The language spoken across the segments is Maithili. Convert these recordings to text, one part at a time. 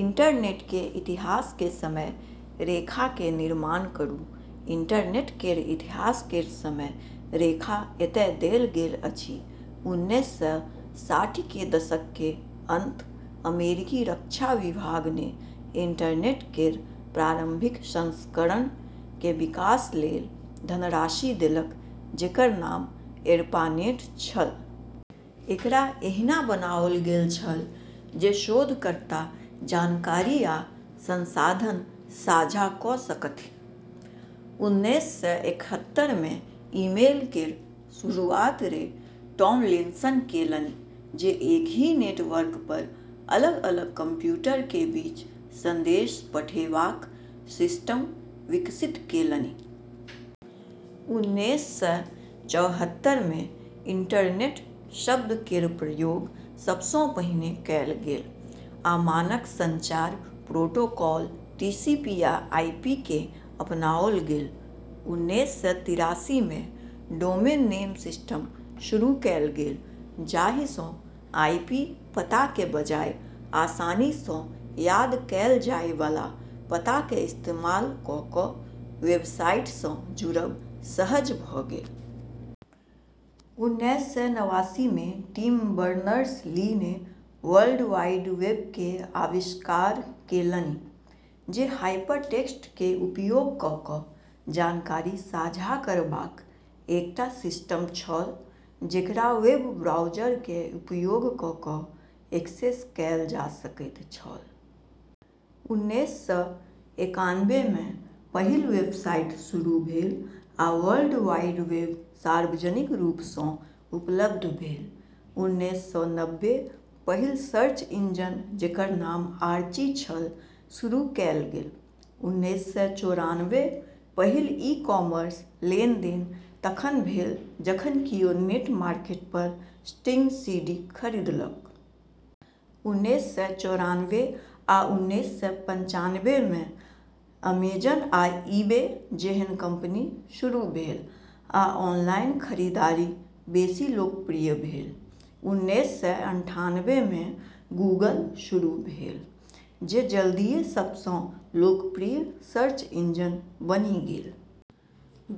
इंटरनेट के इतिहास के समय रेखा के निर्माण करू। इंटरनेट केर इतिहास केर समय रेखा एतय देल गेल अछि। उन्नैस सय साठि के दशक के अंत अमेरिकी रक्षा विभाग ने इंटरनेट केर प्रारंभिक संस्करण के विकास लेल धनराशि देलक जेकर नाम एर्पानेट छल। एकरा एहिना बनाओल गेल छल जे शोधकर्ता जानकारी आ संसाधन साझा कऽ सकथि। उन्नैस सय इकहत्तर मे ईमेल केर शुरुआत रे टॉमलिनसन केलनि, जे एक ही नेटवर्क पर अलग अलग कंप्यूटर के बीच संदेश पठेबाक सिस्टम विकसित केलनि। उन्नैस सय चौहत्तर मे इंटरनेट शब्द केर प्रयोग सब सँ पहिने कएल गेल, आ मानक संचार प्रोटोकॉल टीसीपी आ आईपी केँ अपनाओल गेल। उन्नैस सय तिरासी मे डोमेन नेम सिस्टम शुरू कएल गेल, जाहि सँ आईपी पता के बजाय आसानी सँ याद कएल जाय वाला पता के इस्तेमाल कऽ कऽ वेबसाइट सँ जुड़ब सहज भऽ गेल। उन्नैस सय नवासी मे टिम बर्नर्स ली ने वर्ल्ड वाइड वेब के आविष्कार केलनि, जे हाइपरटेक्स्ट के उपयोग कऽ कऽ जानकारी साझा करबाक एकटा सिस्टम छल जेकरा वेब ब्राउज़र के उपयोग कऽ कऽ एक्सेस कएल जा सकैत छल। उन्नैस सय एकानबे मे पहिल वेबसाइट शुरू भेल, आ वर्ल्ड वाइड वेब सार्वजनिक रूप सँ उपलब्ध भेल। उन्नैस सय नब्बे पहिल सर्च इंजन, जेकर नाम आर्ची छल, शुरू कएल गेल। उन्नैस सय चौरानबे पहिल ई कॉमर्स लेनदेन तखन भेल जखन कियो नेटमार्केट पर स्टिंग सीडी खरीदलक। उन्नैस सय चौरानबे आ उन्नैस सय पंचानबे मे अमेजन आ ईबे जेहन कंपनी शुरू भेल, आ ऑनलाइन खरीदारी बेसी लोकप्रिय भेल। उन्नैस सय अठानबे मे गूगल शुरू भेल, जे जल्दीए सब सँ लोकप्रिय सर्च इंजन बनि गेल।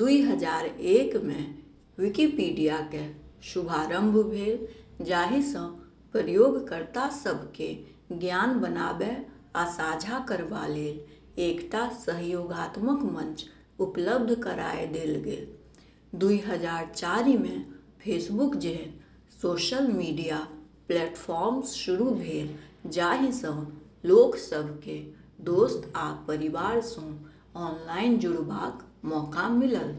दुई हजार एक मे विकिपीडिया के शुभारंभ भेल, जाहि सँ प्रयोगकर्ता सभ केँ ज्ञान बनाबय आ साझा करबा लेल एकटा सहयोगात्मक मंच उपलब्ध कराए देल गेल। दुई हजार चारि मे फेसबुक जेहन सोशल मीडिया प्लेटफॉर्म शुरू भेल, जाहि सँ लोक सभ केँ दोस्त आ परिवार सँ ऑनलाइन जुड़बाक मौका मिलल।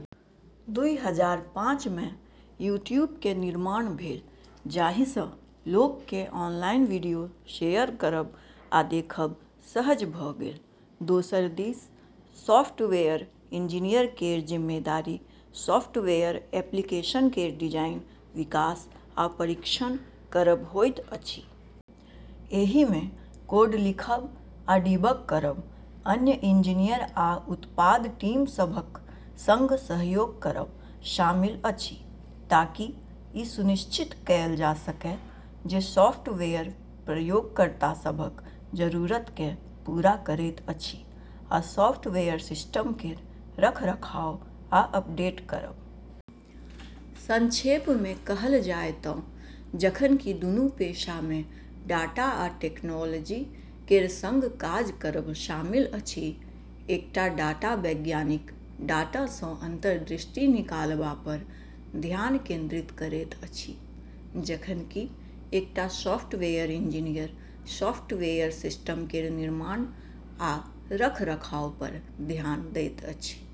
दुई हजार पाँच मे यूट्यूब के निर्माण भेल, जाहि सँ लोक के ऑनलाइन वीडियो शेयर करब आ देखब सहज भऽ गेल। दोसर दिस, सॉफ्टवेयर इंजीनियर केर जिम्मेदारी सॉफ्टवेयर एप्लीकेशन केर डिजाइन, विकास आ परीक्षण करब होइत अछि। एहि मे कोड लिखब आ डिबग करब, अन्य इंजीनियर आ उत्पाद टीम सभक संग सहयोग करब शामिल अछि ताकि ई सुनिश्चित कएल जा सकय जे सॉफ्टवेयर प्रयोगकर्ता सभक जरूरत केँ पूरा करैत अछि, आ सॉफ्टवेयर सिस्टम केर रख रखाव आ अपडेट करब। संक्षेप मे कहल जाय तँ जखन कि दुनू पेशा मे डाटा आ टेक्नोलॉजी केर संग काज करब शामिल अछि, एकटा डाटा वैज्ञानिक डाटा सँ अंतर्दृष्टि निकालबा पर ध्यान केंद्रित करैत अछि, जखन कि एकटा सॉफ्टवेयर इंजीनियर सॉफ्टवेयर सिस्टम केर निर्माण आ रख रखाव पर ध्यान दैत अछि।